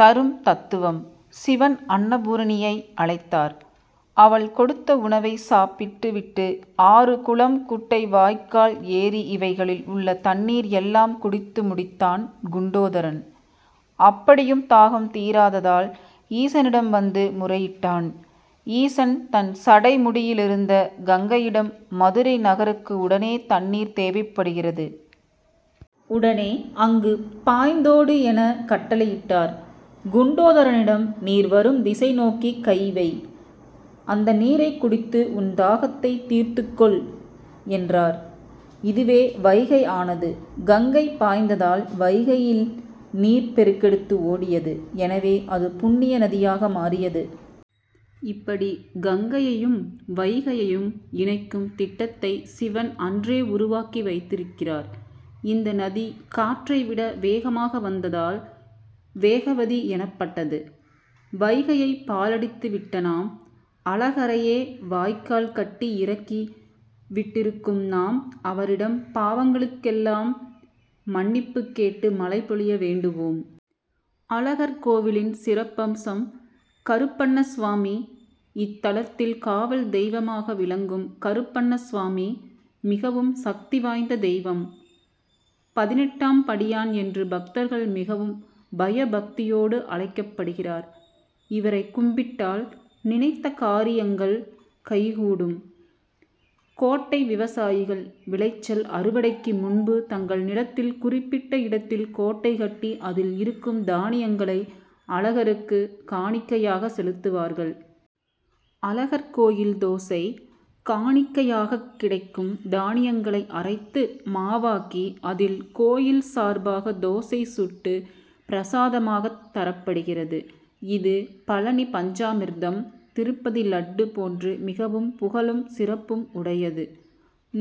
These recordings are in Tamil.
தரும் தத்துவம். சிவன் அன்னபூரணியை அழைத்தார். அவள் கொடுத்த உணவை சாப்பிட்டு விட்டு ஆறு குளம் குட்டை வாய்க்கால் ஏரி இவைகளில் உள்ள தண்ணீர் எல்லாம் குடித்து முடித்தான் குண்டோதரன். அப்படியும் தாகம் தீராததால் ஈசனிடம் வந்து முறையிட்டான். ஈசன் தன் சடை முடியிலிருந்த கங்கையிடம் மதுரை நகருக்கு உடனே தண்ணீர் தேவைப்படுகிறது. உடனே அங்கு பாய்ந்தோடு என கட்டளையிட்டார். குண்டோதரனிடம் நீர் வரும் திசைநோக்கி கை வை. அந்த நீரை குடித்து உன் தாகத்தை தீர்த்து கொள் என்றார். இதுவே வைகை ஆனது. கங்கை பாய்ந்ததால் வைகையில் நீர் பெருக்கெடுத்து ஓடியது. எனவே அது புண்ணிய நதியாக மாறியது. இப்படி கங்கையையும் வைகையையும் இணைக்கும் திட்டத்தை சிவன் அன்றே உருவாக்கி வைத்திருக்கிறார். இந்த நதி காற்றை விட வேகமாக வந்ததால் வேகவதி எனப்பட்டது. வைகையை பாழடித்து விட்ட நாம் அழகரையே வாய்க்கால் கட்டி இறக்கி விட்டிருக்கும் நாம் அவரிடம் பாவங்களுக்கெல்லாம் மன்னிப்பு கேட்டு மழை பொழிய வேண்டுவோம். அழகர்கோவிலின் சிறப்பம்சம் கருப்பண்ணசுவாமி இத்தலத்தில் காவல் தெய்வமாக விளங்கும் கருப்பண்ணசுவாமி மிகவும் சக்தி வாய்ந்த தெய்வம். பதினெட்டாம்படியான் என்று பக்தர்கள் மிகவும் பயபக்தியோடு அழைக்கப்படுகிறார். இவரை கும்பிட்டால் நினைத்த காரி யங்கள் கைகூடும். கோட்டை விவசாயிகள் விளைச்சல் அறுவடைக்கு முன்பு தங்கள் நிலத்தில் குறிப்பிட்ட இடத்தில் கோட்டை கட்டி அதில் இருக்கும் தானியங்களை அழகருக்கு காணிக்கையாக செலுத்துவார்கள். அழகர் கோயில் தோசை காணிக்கையாகக் கிடைக்கும் தானியங்களை அரைத்து மாவாக்கி அதில் கோயில் சார்பாக தோசை சுட்டு பிரசாதமாகத் தரப்படுகிறது. இது பழநி பஞ்சாமிர்தம் திருப்பதி லட்டு போன்று மிகவும் புகழும் சிறப்பும் உடையது.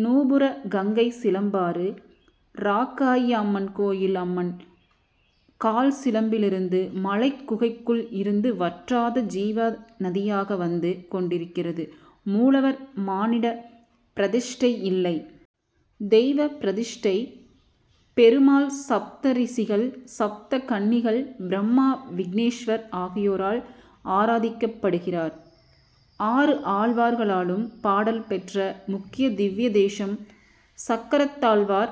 நூபுர கங்கை சிலம்பாறு ராக்காயி அம்மன் கோயில் அம்மன் கால் சிலம்பிலிருந்து மலைக்குகைக்குள் இருந்து வற்றாத ஜீவ நதியாக வந்து கொண்டிருக்கிறது மூலவர் மானிட பிரதிஷ்டை இல்லை. தெய்வ பிரதிஷ்டை. பெருமாள் சப்தரி ஷிகள் சப்த கன்னிகள் பிரம்மா விக்னேஷ்வர் ஆகியோரால் ஆராதிக்கப்படுகிறார். ஆறு ஆழ்வார்களாலும் பாடல் பெற்ற முக்கிய திவ்ய தேசம் சக்கரத்தாழ்வார்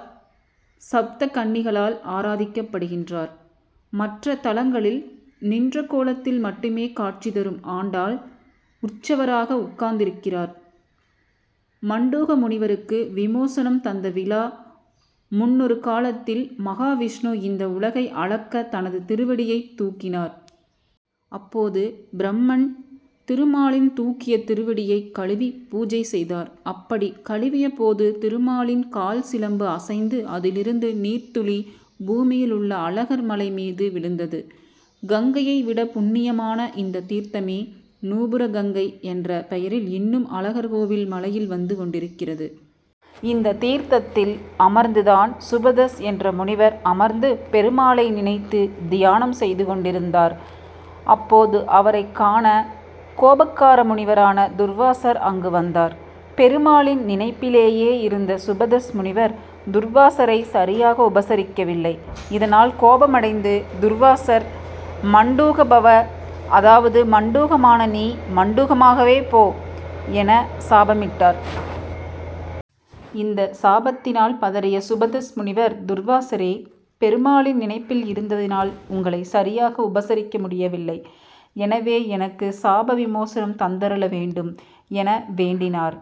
சப்த கன்னிகளால் ஆராதிக்கப்படுகின்றார். மற்ற தலங்களில் நின்ற கோலத்தில் மட்டுமே காட்சி தரும் ஆண்டாள் உற்சவராக உட்கார்ந்திருக்கிறார். மண்டூக முனிவருக்கு விமோசனம் தந்த விழா முன்னொரு காலத்தில் மகாவிஷ்ணு இந்த உலகை அளக்க தனது திருவடியை தூக்கினார். அப்போது பிரம்மன் திருமாலின் தூக்கிய திருவடியை கழுவி பூஜை செய்தார். அப்படி கழுவிய போது திருமாலின் கால்சிலம்பு அசைந்து அதிலிருந்து நீர்த்துளி பூமியிலுள்ள அழகர்மலை மீது விழுந்தது. கங்கையை விட புண்ணியமான இந்த தீர்த்தமே நூபுர கங்கை என்ற பெயரில் இன்னும் அழகர் கோவில் மலையில் வந்து கொண்டிருக்கிறது. இந்த தீர்த்தத்தில் அமர்ந்து தான் சுபதஸ் என்ற முனிவர் அமர்ந்து பெருமாளை நினைத்து தியானம் செய்து கொண்டிருந் தார். அப்போது அவரைக்காண கோபக்கார முனிவரான துர்வாசர் அங்கு வந்தார். பெருமாளின் நினைப்பிலேயே இருந்த சுபதஸ் முனிவர் துர்வாசரை சரியாக உபசரிக்கவில்லை. இதனால் கோபமடைந்து துர்வாசர் மண்டூக பவ அதாவது மண்டூகமான நீ மண்டூகமாகவே போ என சாபமிட்டார். இந்த சாபத்தினால் பதறிய சுபதஸ் முனிவர் துர்வாசரே பெருமாளின் நினைப்பில் இருந்ததினால் உங்களை சரியாக உபசரிக்க முடியவில்லை எனவே எனக்கு சாபவிமோசனம் தந்தருள வேண்டும் என வேண்டினார்.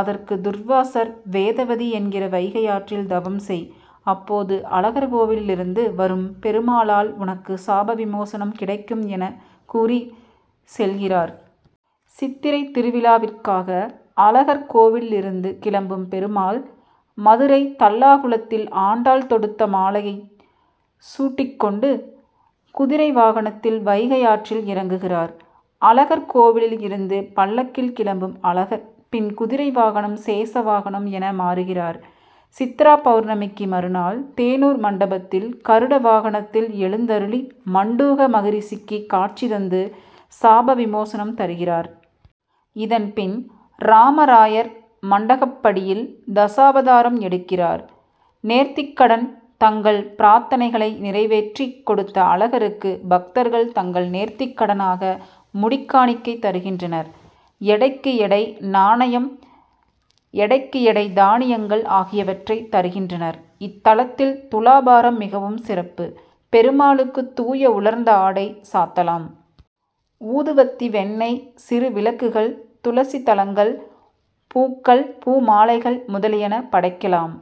அதற்கு துர்வாசர் வேதவதி என்கிற வைகை ஆற்றில் தவம் செய். அப்போது அழகர்கோவிலிலிருந்து வரும் பெருமாளால் உனக்கு சாபவிமோசனம் கிடைக்கும் என கூறி செல்கிறார். சித்திரை திருவிழாவிற்காக அழகர்கோவிலிலிருந்து கிளம்பும் பெருமாள் மதுரை தல்லாகுளத்தில் ஆண்டாள் தொடுத்த மாலையை சூட்டிக்கொண்டு குதிரை வாகனத்தில் வைகை ஆற்றில் இறங்குகிறார். அழகர்கோவிலில் இருந்து பல்லக்கில் கிளம்பும் அழகர் பின் குதிரை வாகனம் சேஷவாகனம் என மாறுகிறார். சித்ராபவுர்ணமிக்கு மறுநாள் தேனூர் மண்டபத்தில் கருட வாகனத்தில் எழுந்தருளி மண்டூக மகரிஷிக்கு காட்சி தந்து சாபவிமோசனம் தருகிறார். இதன் பின் ராமராயர் மண்டகப்படியில் தசாவதாரம் எடுக்கிறார். நேர்த்திக்கடன் தங்கள் பிரார்த்தனைகளை நிறைவேற்றி கொடுத்த அழகருக்கு பக்தர்கள் தங்கள் நேர்த்திக்கடனாக முடிக்காணிக்கை தருகின்றனர். எடைக்கு எடை நாணயம் எடைக்கு எடை தானியங்கள் ஆகியவற்றை தருகின்றனர். இத்தலத்தில் துலாபாரம் மிகவும் சிறப்பு. பெருமாளுக்கு தூய உலர்ந்த ஆடை சாத்தலாம். ஊதுவத்தி வெண்ணெய் சிறு விளக்குகள் துளசி தளங்கள் பூக்கள் பூமாலைகள் முதலியன படைக்கலாம்.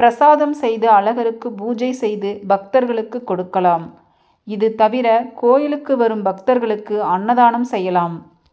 பிரசாதம் செய்து அழகருக்கு பூஜை செய்து பக்தர்களுக்கு கொடுக்கலாம். இது தவிர கோயிலுக்கு வரும் பக்தர்களுக்கு அன்னதானம் செய்யலாம்.